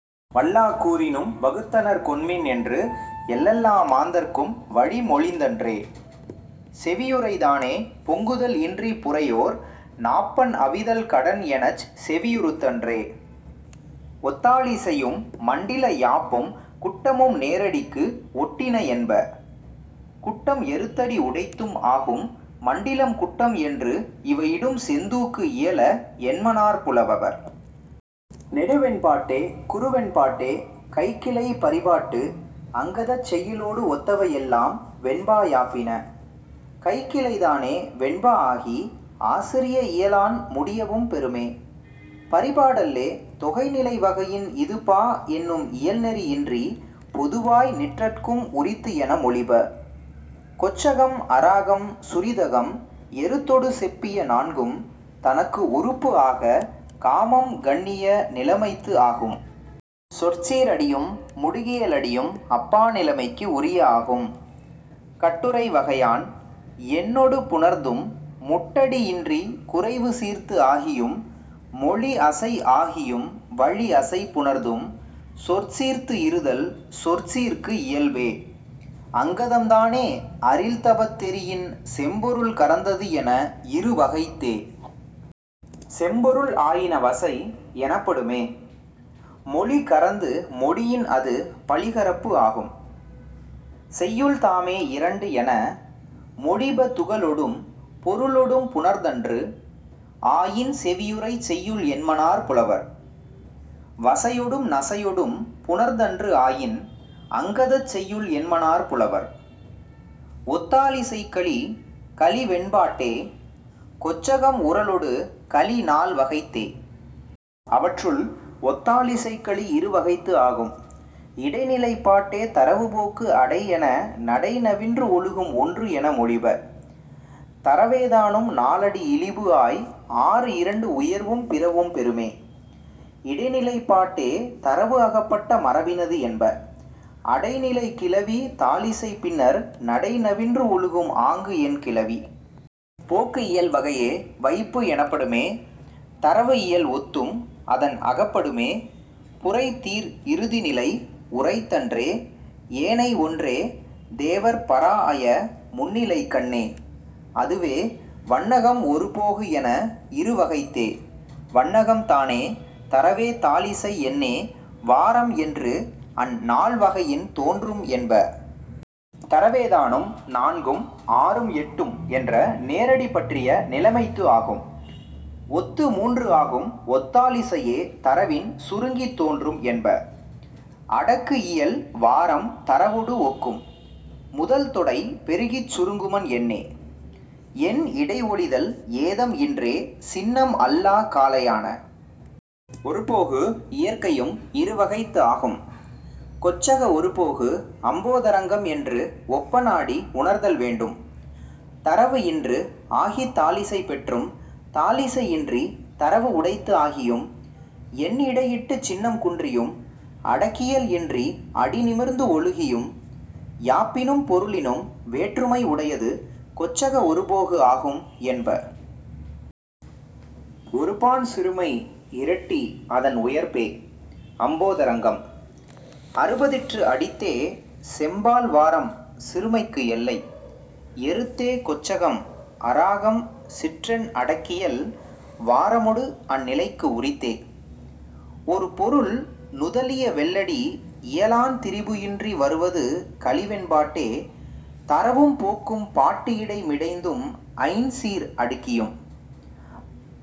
வல்லா கூறினும் வகுத்தனர் கொண்மின் என்று எல்ல்லா மாந்தர்க்கும் வழி மொழிந்தன்றே. செவியுறைதானே, பொங்குதல் இன்றி புரையோர் நாப்பண் அவிதல் கடன் எனச் செவியுறுத்தன்றே. ஒத்தாழிசையும் மண்டில யாப்பும் குட்டமும் நேரடிக்கு ஒட்டின என்ப. குட்டம் எருத்தடி உடைத்தும் ஆகும். மண்டிலம் குட்டம் என்று இவை இரண்டும் செந்தூக்கு இயல என்மனார் புலவர். நெடுவெண்பாட்டே குறுவெண்பாட்டே கைக்கிளை பரிபாட்டு அங்கதச் செய்யுளொடு ஒத்தவை எல்லாம் வெண்பா யாப்பின. கைக்கிளைதானே வெண்பா ஆகி ஆசிரிய இயலான் முடியவும் பெறுமே. பரிபாடல்லே தொகை நிலை வகையின் இது பா என்னும் இயல் நெறி இன்றி பொதுவாய் நிற்றற்கும் உரித்து என மொழிப. கொச்சகம் அராகம் சுரிதகம் எருத்தொடு செப்பிய நான்கும் தனக்கு உறுப்பு ஆக காமம் கண்ணிய நிலைமைத்து ஆகும். சொற்சீர் அடியும் முடுகியல் அடியும் அப் பா நிலைமைக்கு உரிய ஆகும். கட்டுரை வகையான் எண்ணொடு புணர்ந்தும் முட்டடி இன்றிக் குறைவு சீர்த்து ஆகியும் மொழி அசை ஆகியும் வழி அசை புணர்ந்தும் சொற்சீர்த்து இறுதல் சொற்சீர்க்கு இயல்பே. அங்கதம்தானே அரில் தபத் தெரியின் செம்பொருள் கரந்தது என இரு வகைத்தே. செம்பொருள் ஆயின வசை எனப்படுமே. மொழி கரந்து மொழியின் அது பழிகரப்பு ஆகும். செய்யுள்தாமே இரண்டு என மொழிபத் துகளொடும் பொருளொடும் புணர்ந்தன்று ஆயின் செவியுறைச் செய்யுள் என்மனார் புலவர். வசையொடும் நசையொடும் புணர்ந்தன்று ஆயின் அங்கதச் செய்யுள் என்மனார் புலவர். ஒத்தாழிசைக்கலி கலிவெண்பாட்டே கொச்சகம் உறழொடு கலி நால் வகைத்தே. அவற்றுள், ஒத்தாழிசைக்கலி இரு வகைத்து ஆகும். இடைநிலைப்பாட்டே தரவு போக்கு அடை என நடை நவின்று ஒழுகும் ஒன்று என மொழிப. தரவேதானும் நால் அடி இழிபு ஆய் ஆறு இரண்டு உயர்வும் பிறவும் பெறுமே. இடைநிலைப்பாட்டே, தரவு அகப்பட்ட மரபினது என்ப. அடை நிலைக் கிளவி தாழிசைப் பின்னர் நடை நவின்று ஒழுகும் ஆங்கு என் கிளவி. போக்கு இயல் வகையே வைப்பு எனப்படுமே தரவு இயல் ஒத்தும் அதன் அகப்படுமே புரை தீர் இறுதி நிலை உரைத்தன்றே. ஏனை ஒன்றே, தேவர்ப் பராஅய முன்னிலைக்கண்ணே. அதுவே, வண்ணகம் ஒருபோகு என இரு வகைத்தே. வண்ணகம்தானே, தரவே தாழிசை எண்ணே வாரம் என்று அந் நால் வகையின் தோன்றும் என்ப. தரவேதானும், நான்கும் ஆறும் எட்டும் என்ற நேரடி பற்றிய நிலைமைத்து ஆகும். ஒத்து மூன்று ஆகும் ஒத்தாழிசையே தரவின் சுருங்கித் தோன்றும் என்ப. அடக்கு இயல் வாரம் தரவொடு ஒக்கும். முதல் தொடை பெருகிச் சுருங்குமன் எண்ணே. எண் இடை ஒழிதல் ஏதம் இன்றே சின்னம் அல்லாக் காலையான. ஒருபோகு இயற்கையும் இரு வகைத்து ஆகும். கொச்சக ஒருபோகு அம்போதரங்கம் என்று ஒப்ப நாடி உணர்தல் வேண்டும். தரவு இன்று ஆகித் தாழிசை பெற்றும் தாழிசை இன்றித் தரவு உடைத்து ஆகியும் எண் இடை இட்டுச் சின்னம் குன்றியும் அடக்கியல் இன்றி அடி நிமிர்ந்து ஒழுகியும் யாப்பினும் பொருளினும் வேற்றுமை உடையது கொச்சக ஒருபோகு ஆகும் என்ப. ஒருபான் சிறுமை இரட்டி அதன் உயர்பே. அம்போதரங்கம் அறுபதிற்று அடித்தே செம்பால் வாரம் சிறுமைக்கு எல்லை. எருத்தே கொச்சகம் அராகம் சிற்றெண் அடக்கியல் வாரமொடு அந் நிலைக்கு உரித்தே. ஒரு பொருள் நுதலிய வெள்ளடி இயலான் திரிபு இன்றி வருவது கலிவெண்பாட்டே. தரவும் போக்கும் பாட்டு இடை மிடைந்தும் ஐஞ் சீர் அடுக்கியும்